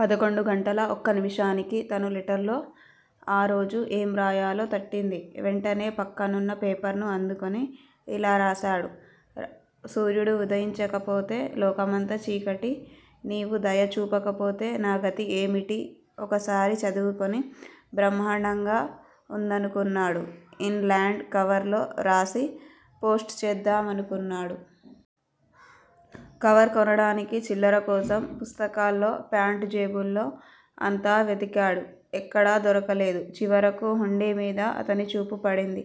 పదకొండు గంటలా ఒక్క నిమిషానికి తను లెటర్ లో ఆరోజు ఏం రాయాలో తట్టింది. వెంటనే పక్కనున్న పేపర్ ను అందుకుని ఇలా రాశాడు. సూర్యుడు వుదయించకపోతే లోకమంతా చీకటి. నీవు దయ చూపకపోతే నాగతి ఏమిటి ఒకసారి చదువుకుని బ్రహ్మాండంగా ఉందనుకున్నాడు. ఇన్ లాండ్ కవర్ లో రాసి పోస్టు చేద్దామనుకున్నాడు. కవర్ కొనడానికి చిల్లర కోసం పుస్తకాల్లో ఫ్యాంట్ జేబుల్లో అంతా వెదికాడు. ఎక్కడా దొరకలేదు. చివరకు హుండీ మీద అతని చూపు పడింది.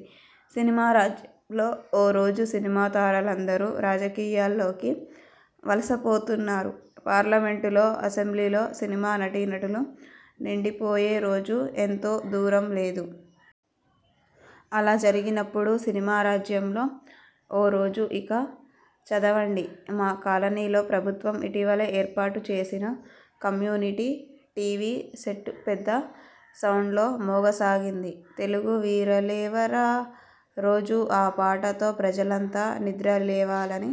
సినిమా రాజ్యంలో ఓ రోజు సినిమా తారలందరూ రాజకీయాల్లోకి వలస పోతున్నారు. పార్లమెంటులో అసెంబ్లీల్లో సినిమా నటీనటులు నిండిపోయే రోజు ఎంతో దూరంలేదు. అలా జరిగినప్పుడు సినిమా రాజ్యంలో, ఓ రోజు ఇక చదవండి. మా కాలనీలో ప్రభుత్వం ఇటీవలే ఏర్పాటు చేసిన కమ్యూనిటీ టీవీ సెట్ పెద్ద సౌండ్ లో మోగసాగింది. తెలుగు వీర లేవరా రోజూ ఆ పాటతో ప్రజలంతా నిద్రలేవాలని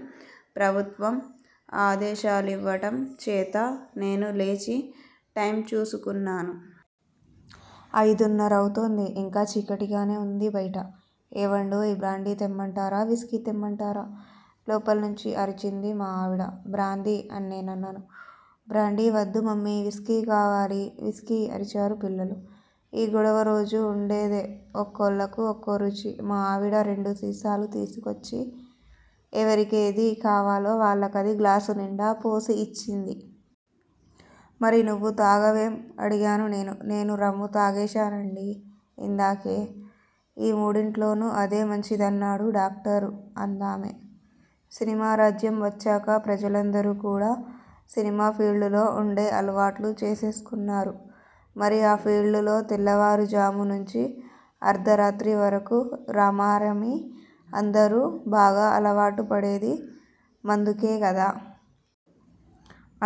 ప్రభుత్వం ఆదేశాలివ్వటం చేత నేను లేచి టైమ్ చూసుకున్నాను. అయిదున్నరవుతోంది. ఇంకా చీకటిగానే ఉంది బయట. ఏవండోయ్ బ్రాందీ తెమ్మంటారా, విస్కీ తెమ్మంటారా? లోపల్నుంచి అరచింది మా ఆవిడ. బ్రాందీ! అన్నాన్నేను. బ్రాందీ వద్దు మమ్మీ! విస్కీ కావాలి! విస్కీ- అరచారు పిల్లలు. ఈ గొడవ రోజూ ఉండేదే! ఒకోళ్ళకూ ఒకోరుచి. మా ఆవిడ రెండు సీసాలు తీసుకొచ్చి ఎవరికేది కావాలో వాళ్ళకది గ్లాసునిండా పోసి ఇచ్చింది. మరి నువ్వు తాగవేం? అడిగాను నేను. నేను రమ్ము తాగేశానండీ ఇందాకే! ఈ మూడింట్లోనూ అదే మంచిదన్నాడు డాక్టరు అందామె. సినిమా రాజ్యం వచ్చాక ప్రజలందరూ కూడా సినిమా ఫీల్డులో ఉండే అలవాట్లు చేసేసుకున్నారు. మరి ఆ ఫీల్డులో తెల్లవారుజాము నుంచీ అర్థరాత్రి వరకూ రమారమి అందరూ బాగా అలవాటుపడేది మందుకే గదా!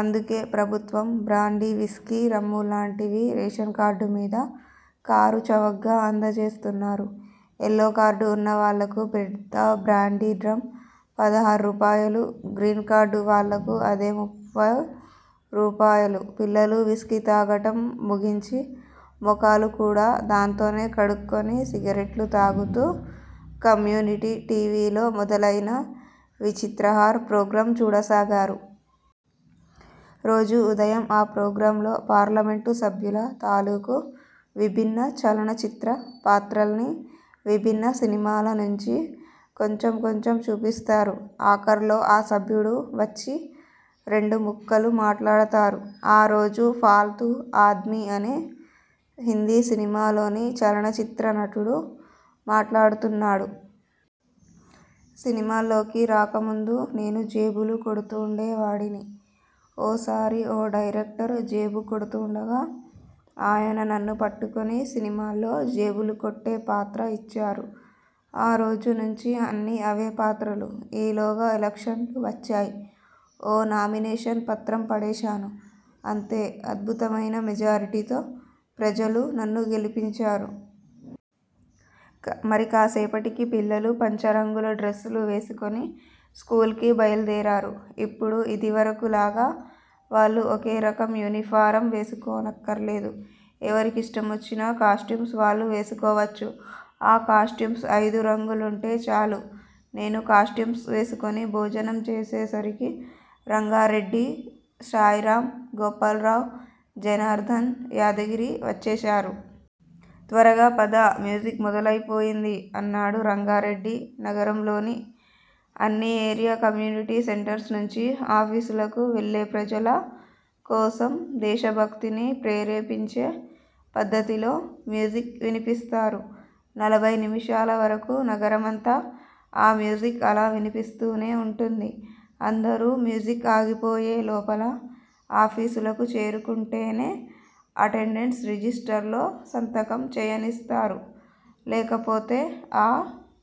అందుకే ప్రభుత్వం బ్రాందీ, విస్కీ, రమ్ములాంటివి రేషన్ కార్డుమీద కారు చవగ్గా అందజేస్తున్నారు. ఎల్లో కార్డు ఉన్న వాళ్ళకు పెద్ద బ్రాందీ డ్రమ్ పదహార్రూపాయలు! గ్రీన్ కార్డు వాళ్ళకు అదే ముప్పయ్ రూపాయలు. పిల్లలు విస్కీ తాగటం ముగించి మొఖాలు కూడా దాన్తోనే కడుక్కొని సిగరెట్లు తాగుతూ కమ్యూనిటీ టీవీలో మొదలయిన విచిత్రహార్ ప్రోగ్రాం చూడసాగారు. రోజూ ఉదయం ఆ ప్రోగ్రామ్ లో పార్లమెంట్ సభ్యుల తాలూకు విభిన్న చలనచిత్ర పాత్రల్ని- విభిన్న సినిమాల నుంచి కొంచెం కొంచెం చూపిస్తారు. ఆఖర్లో ఆ సభ్యుడు వచ్చి రెండు ముక్కలు మాట్లాడతారు. ఆ రోజు ఫాల్తూ ఆద్మీ అనే హిందీ సినిమాలోని చలనచిత్ర నటుడు మాట్లాడుతున్నాడు. సినిమాల్లోకి రాకముందు నేను జేబులు కొడుతూండే వాడిని! ఓసారి ఓ డైరెక్టర్ జేబు కొడుతూండగా ఆయన నన్ను పట్టుకుని సినిమాల్లో జేబులుకొట్టే పాత్ర ఇచ్చారు. ఆ రోజు నుంచీ అన్నీ అవే పాత్రలు. ఈలోగా ఎలక్షన్లు వచ్చాయ్. ఓ నామినేషన్ పత్రం పడేశాను. అంతే అద్భుతమయిన మెజారిటీతో ప్రజలు నన్ను గెలిపించారు! మరి కాసేపటికి పిల్లలు పంచరంగుల డ్రస్ లు వేసుకుని స్కూల్ కి బయల్దేరారు. ఇప్పుడు ఇదివరకులాగా వాళ్ళు ఒకే రకం యూనిఫారం వేసుకోనక్కర్లేదు. ఎవరిష్టమొచ్చినా కాస్టూమ్స్ వాళ్ళు వేసుకోవచ్చు. ఆ కాస్టూమ్స్ అయిదు రంగులుంటే చాలు. నేనూ కాస్టూమ్స్ వేసుకుని భోజనం చేసేసరికి రంగారెడ్డి శాయిరామ్, గోపాల్రావ్, జనార్ధన్, యాదగిరి వచ్చేశారు. త్వరగా పద మ్యూజిక్ మొదలయిపోయింది అన్నాడు రంగారెడ్డి. నగరంలోని అన్ని ఏరియా కమ్యూనిటీ సెంటర్స్ నుంచీ ఆఫీసులకు వెళ్ళే ప్రజల కోసం దేశభక్తిని ప్రేరేపించే పద్ధతిలో మ్యూజిక్ వినిపిస్తారు. నలభై నిముషాల వరకు నగరమంతా ఆ మ్యూజిక్ అలా వినిపిస్తూనే ఉంటుంది. అందరూ మ్యూజిక్ ఆగిపోయే లోపల ఆఫీసులకు చేరుకుంటేనే అటెండెన్స్ రిజిష్టర్ లో సంతకం చేయనిస్తారు. లేకపోతే ఆ